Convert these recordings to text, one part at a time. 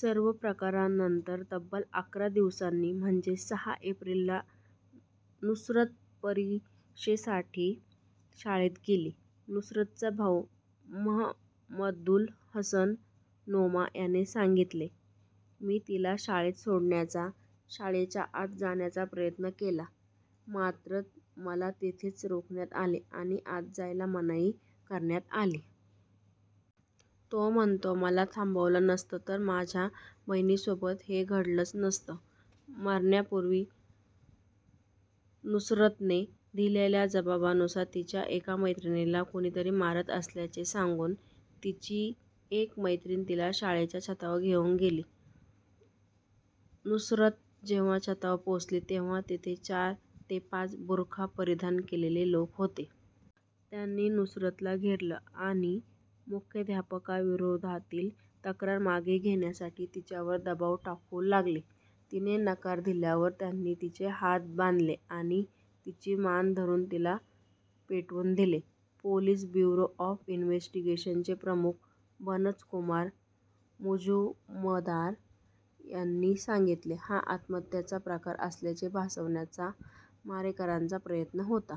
सर्व प्रकारानंतर तब्बल अकरा दिवसांनी म्हणजे सहा एप्रिलला नुसरत परीक्षेसाठी शाळेत गेली. नुसरतचा भाऊ महमद्दुल हसन नोमा याने सांगितले, मी तिला शाळेत सोडण्याचा, शाळेच्या आत जाण्याचा प्रयत्न केला. मात्र मला तिथेच रोखण्यात आले आणि आत जायला मनाई करण्यात आली. तो म्हणतो मला थांबवलं नसतं तर माझ्या बहिणीसोबत हे घडलंच नसतं. मरण्यापूर्वी नुसरतने दिलेल्या जबाबानुसार तिच्या एका मैत्रिणीला कुणीतरी मारत असल्याचे सांगून तिची एक मैत्रीण तिला शाळेच्या छतावर घेऊन गेली. नुसरत जेव्हा छतावर पोहोचली तेव्हा तिथे चार ते पाच बुरखा परिधान केलेले लोक होते. त्यांनी नुसरतला घेरलं आणि मुख्याध्यापकाविरोधातील तक्रार मागे घेण्यासाठी तिच्यावर दबाव टाकू लागले. तिने नकार दिल्यावर त्यांनी तिचे हात बांधले आणि तिची मान धरून तिला पेटवून दिले. पोलीस ब्युरो ऑफ इन्वेस्टिगेशनचे प्रमुख बनज कुमार मुजुमदार यांनी सांगितले हा आत्महत्येचा प्रकार असल्याचे भासवण्याचा मारेकऱ्यांचा प्रयत्न होता.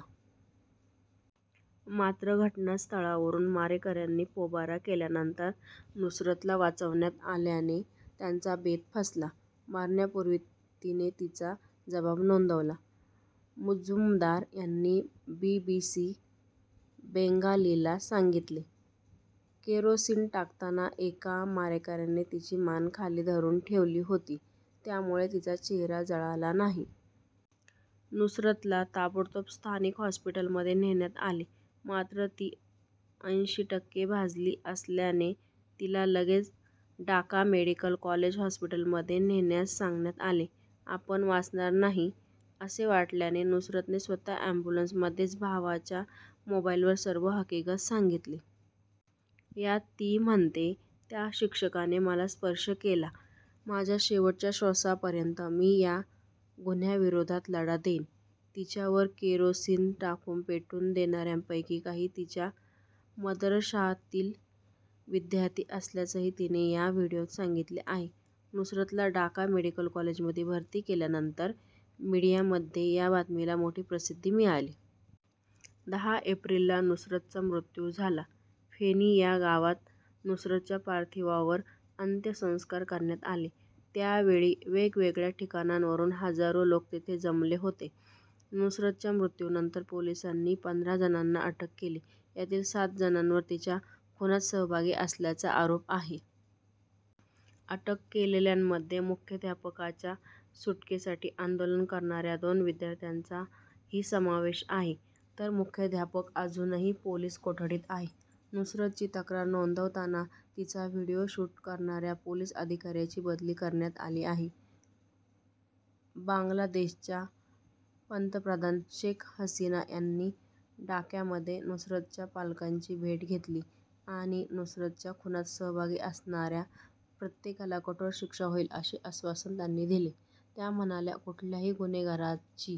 मात्र घटनास्थळावरून मारेकऱ्यांनी पोबारा केल्यानंतर नुसरतला वाचवण्यात आल्याने त्यांचा बेत फसला. मरण्यापूर्वी तिने तिचा जबाब नोंदवला. मुजुमदार यांनी बीबीसी बेंगालीला सांगितले केरोसीन टाकताना एका मारेकऱ्याने तिची मान खाली धरून ठेवली होती. त्यामुळे तिचा चेहरा जळाला नाही. नुसरतला ताबडतोब स्थानिक हॉस्पिटलमध्ये नेण्यात आले. मात्र, ती अंशी टक्के भाजली असल्याने तिला लगेच ढाका मेडिकल कॉलेज हॉस्पिटलमध्ये नेण्यास सांगण्यात आले. आपण वाचणार नाही, असे वाटल्याने नुसरतने स्वतः अॅम्ब्युलन्समध्येच भावाच्या मोबाईलवर सर्व हकीगत सांगितली. यात ती म्हणते, त्या शिक्षकाने मला स्पर्श केला. माझ्या शेवटच्या श्वासापर्यंत मी या गुन्ह्याविरोधात लढा देईन. तिच्यावर केरोसीन टाकून पेटवून देणाऱ्यांपैकी काही तिच्या मदरशातील विद्यार्थी असल्याचंही तिने या व्हिडिओत सांगितले आहे. नुसरतला ढाका मेडिकल कॉलेजमध्ये भर्ती केल्यानंतर मीडियामध्ये या बातमीला मोठी प्रसिद्धी मिळाली. दहा एप्रिलला नुसरतचा मृत्यू झाला. फेनी या गावात नुसरतच्या पार्थिवावर अंत्यसंस्कार करण्यात आले. त्या वेळी वेगवेगळ्या ठिकाणांवरून हजारो लोक तिथे जमले होते. नुसरतच्या मृत्यूनंतर पोलिसांनी पंधरा जणांना अटक केली. यातील सात जणांवर तिच्या खुनात सहभागी असण्याचा आरोप आहे. अटक केलेल्यांमध्ये मुख्याध्यापकाच्या सुटकेसाठी आंदोलन करणाऱ्या दोन विद्यार्थांचाही समावेश आहे. तर मुख्याध्यापक अजूनही पोलीस कोठडीत आहे. नुसरतची तक्रार नोंदवताना तिचा व्हिडिओ शूट करणाऱ्या पोलीस अधिकाऱ्याची बदली करण्यात आली आहे. बांगलादेशच्या पंतप्रधान शेख हसिना यांनी ढाक्यामध्ये नुसरतच्या पालकांची भेट घेतली आणि नुसरतच्या खुनात सहभागी असणाऱ्या प्रत्येकाला कठोर शिक्षा होईल असे आश्वासन त्यांनी दिले. त्या म्हणाल्या कुठल्याही गुन्हेगाराची